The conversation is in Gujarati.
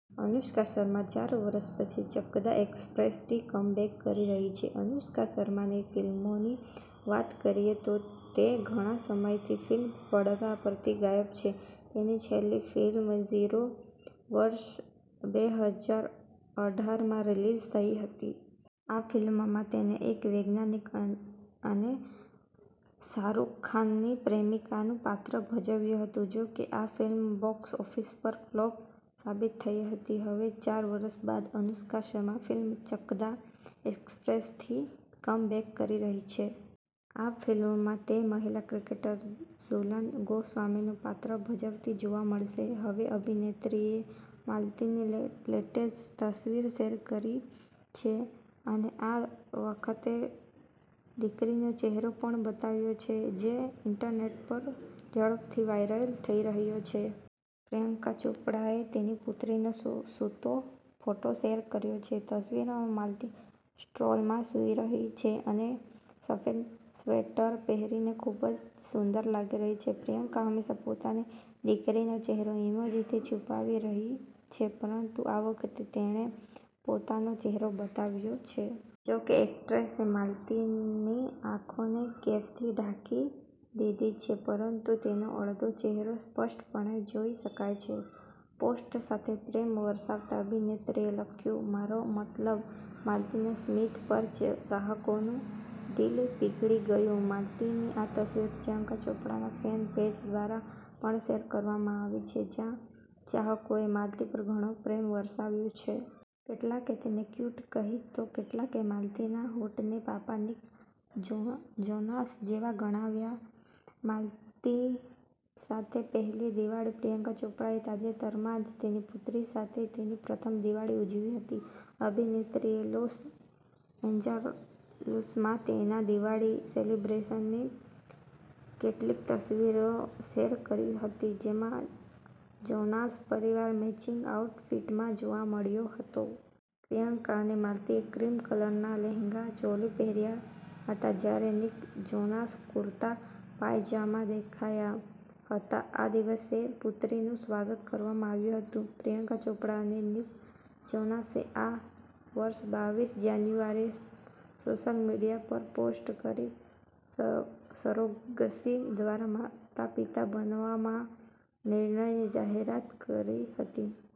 અનુષ્કા શર્મા ચાર વર્ષ પછી ચકદા એક્સપ્રેસથી કમબેક કરી રહી છે: અનુષ્કા શર્માની ફિલ્મોની વાત કરીએ તો તે ઘણા સમયથી ફિલ્મી પડદા પરથી ગાયબ છે. તેની છેલ્લી ફિલ્મ 'ઝીરો' વર્ષ બે હજાર અઢાર માં રિલીઝ થઈ હતી. આ ફિલ્મમાં તેણે એક વૈજ્ઞાનિક અને શાહરૂખ ખાનની પ્રેમિકાનું પાત્ર ભજવ્યું હતું. જોકે, આ ફિલ્મ બોક્સ ઓફિસ પર ફ્લોપ સાબિત થઈ હતી. હવે ચાર વર્ષ બાદ અનુષ્કા શર્મા ફિલ્મ 'ચકદા એક્સપ્રેસ'થી કમબેક કરી રહી છે. આ ફિલ્મમાં તે મહિલા ક્રિકેટર ઝુલન ગોસ્વામીનું પાત્ર ભજવતી જોવા મળશે. હવે અભિનેત્રીએ માલતીની લેટેસ્ટ તસવીર શેર કરી છે અને આ વખતે દીકરીનો ચહેરો પણ બતાવ્યો છે, જે ઈન્ટરનેટ પર ઝડપથી વાયરલ થઈ રહ્યો છે. પ્રિયંકા ચોપરાએ તેની પુત્રીનો સૂતો ફોટો શેર કર્યો છે. તસવીરમાં માલતી સ્ટ્રોલરમાં સૂઈ રહી છે અને સફેદ સ્વેટર પહેરીને ખૂબ જ સુંદર લાગી રહી છે. પ્રિયંકા હંમેશા પોતાની દીકરીનો ચહેરો ઈમોજીથી છુપાવતી રહી છે, પરંતુ આ વખતે તેણે પોતાનો ચહેરો બતાવ્યો છે. જોકે એક્ટ્રેસે માલતીની આંખોને કેપથી ઢાંકી દીધી છે, પરંતુ તેનો અડધો ચહેરો સ્પષ્ટપણે જોઈ શકાય છે. પોસ્ટ સાથે પ્રેમ વરસાવતા અભિનેત્રીએ લખ્યું, "મારો મતલબ" માલતીના સ્મિત પર ચાહકોનું દિલ પીઘળી ગયું: માલતીની આ તસવીર પ્રિયંકા ચોપરાના ફેન પેજ દ્વારા પણ શેર કરવામાં આવી છે, જ્યાં ચાહકોએ માલતી પર ઘણો પ્રેમ વરસાવ્યો છે. કેટલાકે તેને ક્યૂટ કહી તો કેટલાકે માલતીના હોઠને પાપા નિક જોનાસ જેવા ગણાવ્યા. માલતી સાથે પહેલી દિવાળી: પ્રિયંકા ચોપરાએ તાજેતરમાં જ તેની પુત્રી સાથે તેની પ્રથમ દિવાળી ઉજવી હતી. અભિનેત્રીએ લોસ એન્જલસમાં તેના દિવાળી સેલિબ્રેશનની કેટલીક તસવીરો શેર કરી હતી, જેમાં જોનાસ પરિવાર મેચિંગ આઉટફિટ્સમાં જોવા મળ્યો હતો. પ્રિયંકા અને માલતીએ ક્રીમ કલરના લહેંગા ચોલી પહેર્યા હતા, જ્યારે નિક જોનાસ કુર્તા પાયજામામાં દેખાયા હતા. આ દિવસે પુત્રીનું સ્વાગત કરવામાં આવ્યું હતું: પ્રિયંકા ચોપરા અને નિક જોનાસે આ વર્ષે બાવીસ જાન્યુઆરીએ સોશિયલ મીડિયા પર પોસ્ટ કરીને સરોગસી દ્વારા માતાપિતા બનવાના નિર્ણયની જાહેરાત કરી હતી.